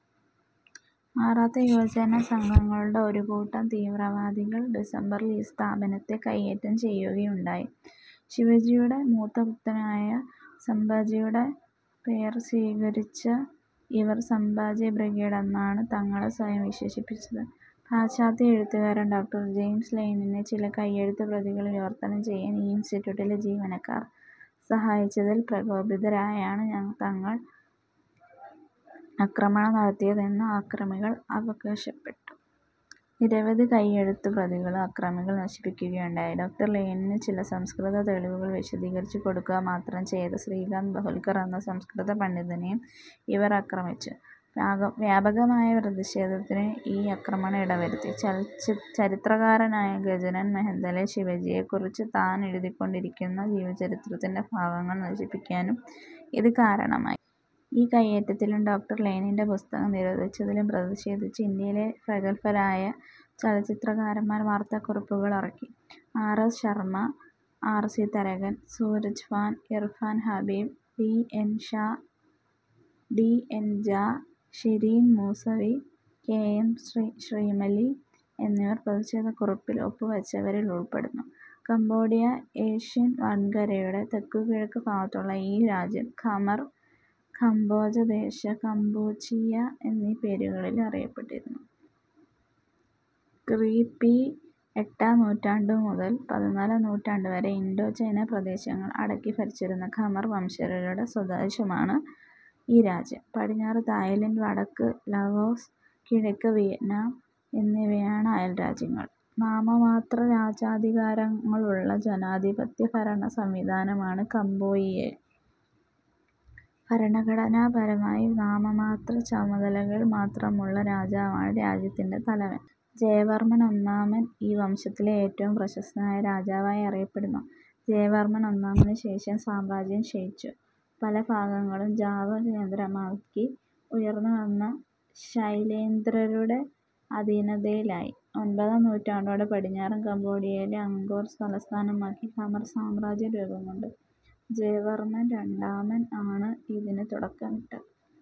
മറാത്ത യുവജന സംഘങ്ങളുടെ ഒരു കൂട്ടം തീവ്രവാദികൾ ഡിസംബറിൽ ഈ സ്ഥാപനത്തെ കൈയ്യേറ്റം ചെയ്യുകയുണ്ടായി. ശിവജിയുടെ മൂത്തപുത്രനായ സംബാജിയുടെ പേർ സ്വീകരിച്ച ഇവർ സംബാജി ബ്രിഗേഡ് എന്നാണ് തങ്ങളെ സ്വയം വിശേഷിപ്പിച്ചത്. പാശ്ചാത്യ എഴുത്തുകാരൻ ഡോ. ജൈംസ് ലയനിനെ ചില കൈയ്യെഴുത്തുപ്രതികൾ വിവർത്തനം ചെയ്യാൻ ഈ ഇൻസ്റ്റിറ്റ്യൂട്ടിലെ ജീവനക്കാർ സഹായിച്ചതിൽ പ്രകോപിതരായാണ് തങ്ങൾ അക്രമണം നടത്തിയത് എന്ന് അക്രമികൾ അവകാശപ്പെട്ടു. നിരവധി കൈയ്യെഴുത്തു പ്രതികളും അക്രമികൾ നശിപ്പിക്കുകയുണ്ടായി. ഡോ. ലയ്നിനു് ചില സംസ്കൃത തെളിവുകൾ വിശദീകരിച്ചു കൊടുക്കുക മാത്രം ചെയ്ത ശ്രീകാന്ത് ബഹുൽകർ എന്ന സംസ്കൃത പണ്ഡിതനെയും ഇവർ അക്രമിച്ചു. വ്യാപകമായ പ്രതിഷേധത്തിനു ഈ ആക്രമണം ഇടവരുത്തി. ചരിത്രകാരനായ ഗജനൻ മെഹെന്തലെ, ശിവജിയെ കുറിച്ചു താൻ എഴുതിക്കൊണ്ടിരിക്കുന്ന ജീവചരിത്രത്തിന്റെ ഭാഗങ്ങൾ നശിപ്പിക്കാനും ഇതു കാരണമായി.. ഈ കൈയേറ്റത്തിലും ഡോ. ലയ്നിന്റെ പുസ്തകം നിരോധിച്ചതിലും പ്രതിഷേധിച്ച് ഇന്ത്യയിലെ പ്രഗല്ഭരായ ചലച്ചിത്കാരമാർ വാർത്താകുറിപ്പുകളിറക്കി. R. S. Sharma, R. C. Tharakan, Suraj Bhan, Irfan Habib, D. N. Jha, Shireen Moosvi, K. M. Shrimali എന്നിവർ പ്രതിഷേധക്കുറിപ്പിൽ ഒപ്പുവെച്ചവരിൽ ഉൾപ്പെടുന്നു. കംബോഡിയ ഏഷ്യൻ വൻകരയുടെ തെക്കുകിഴക്കു ഭാഗത്തുള്ള ഈ രാജ്യം ഖമർ, കംബോജദേശ, കംപൂച്ചിയ എന്നീപേരുകളിലും അറിയപ്പെട്ടിരുന്നു. ക്രി. പി. എട്ടാം നൂറ്റാണ്ടുമുതൽ പതിനാലാം നൂറ്റാണ്ടുവരെ ഇന്തോ-ചൈന പ്രദേശങ്ങൾ അടക്കി ഭരിച്ചിരുന്ന ഖമർ വംശജരുടെ സ്വദേശമാണ് ഈ രാജ്യം. പടിഞ്ഞാറ് തായ്ലൻഡ്, വടക്ക് ലാവോസ്, കിഴക്ക് വിയറ്റ്നാം എന്നിവയാണ് അയൽ രാജ്യങ്ങൾ. നാമമാത്ര രാജാധികാരങ്ങളുള്ള ജനാധിപത്യ ഭരണ സംവിധാനമാണ് കമ്പോഡിയയിൽ. ഭരണഘടനാപരമായി നാമമാത്ര ചുമതലകൾ മാത്രമുള്ള രാജാവാണ് രാജ്യത്തിന്റെ തലവൻ. ജയവർമ്മൻ ഒന്നാമൻ ഈ വംശത്തിലെ ഏറ്റവും പ്രശസ്തനായ രാജാവായി അറിയപ്പെടുന്നു. ജയവർമ്മൻ ഒന്നാമനു ശേഷം സാമ്രാജ്യം ക്ഷയിച്ചു, പല ഭാഗങ്ങളും ജാവ കേന്ദ്രമാക്കി ഉയർന്നു വന്ന ശൈലേന്ദ്രരുടെ അധീനതയിലായി. ഒമ്പതാം നൂറ്റാണ്ടോടെ പടിഞ്ഞാറൻ കംബോഡിയയിലെ അങ്കോർ തലസ്ഥാനമാക്കി ഖമർ സാമ്രാജ്യം രൂപം കൊണ്ടു. ജയവർമ്മൻ രണ്ടാമൻ ആണ് ഇതിനു തുടക്കമിട്ടത്.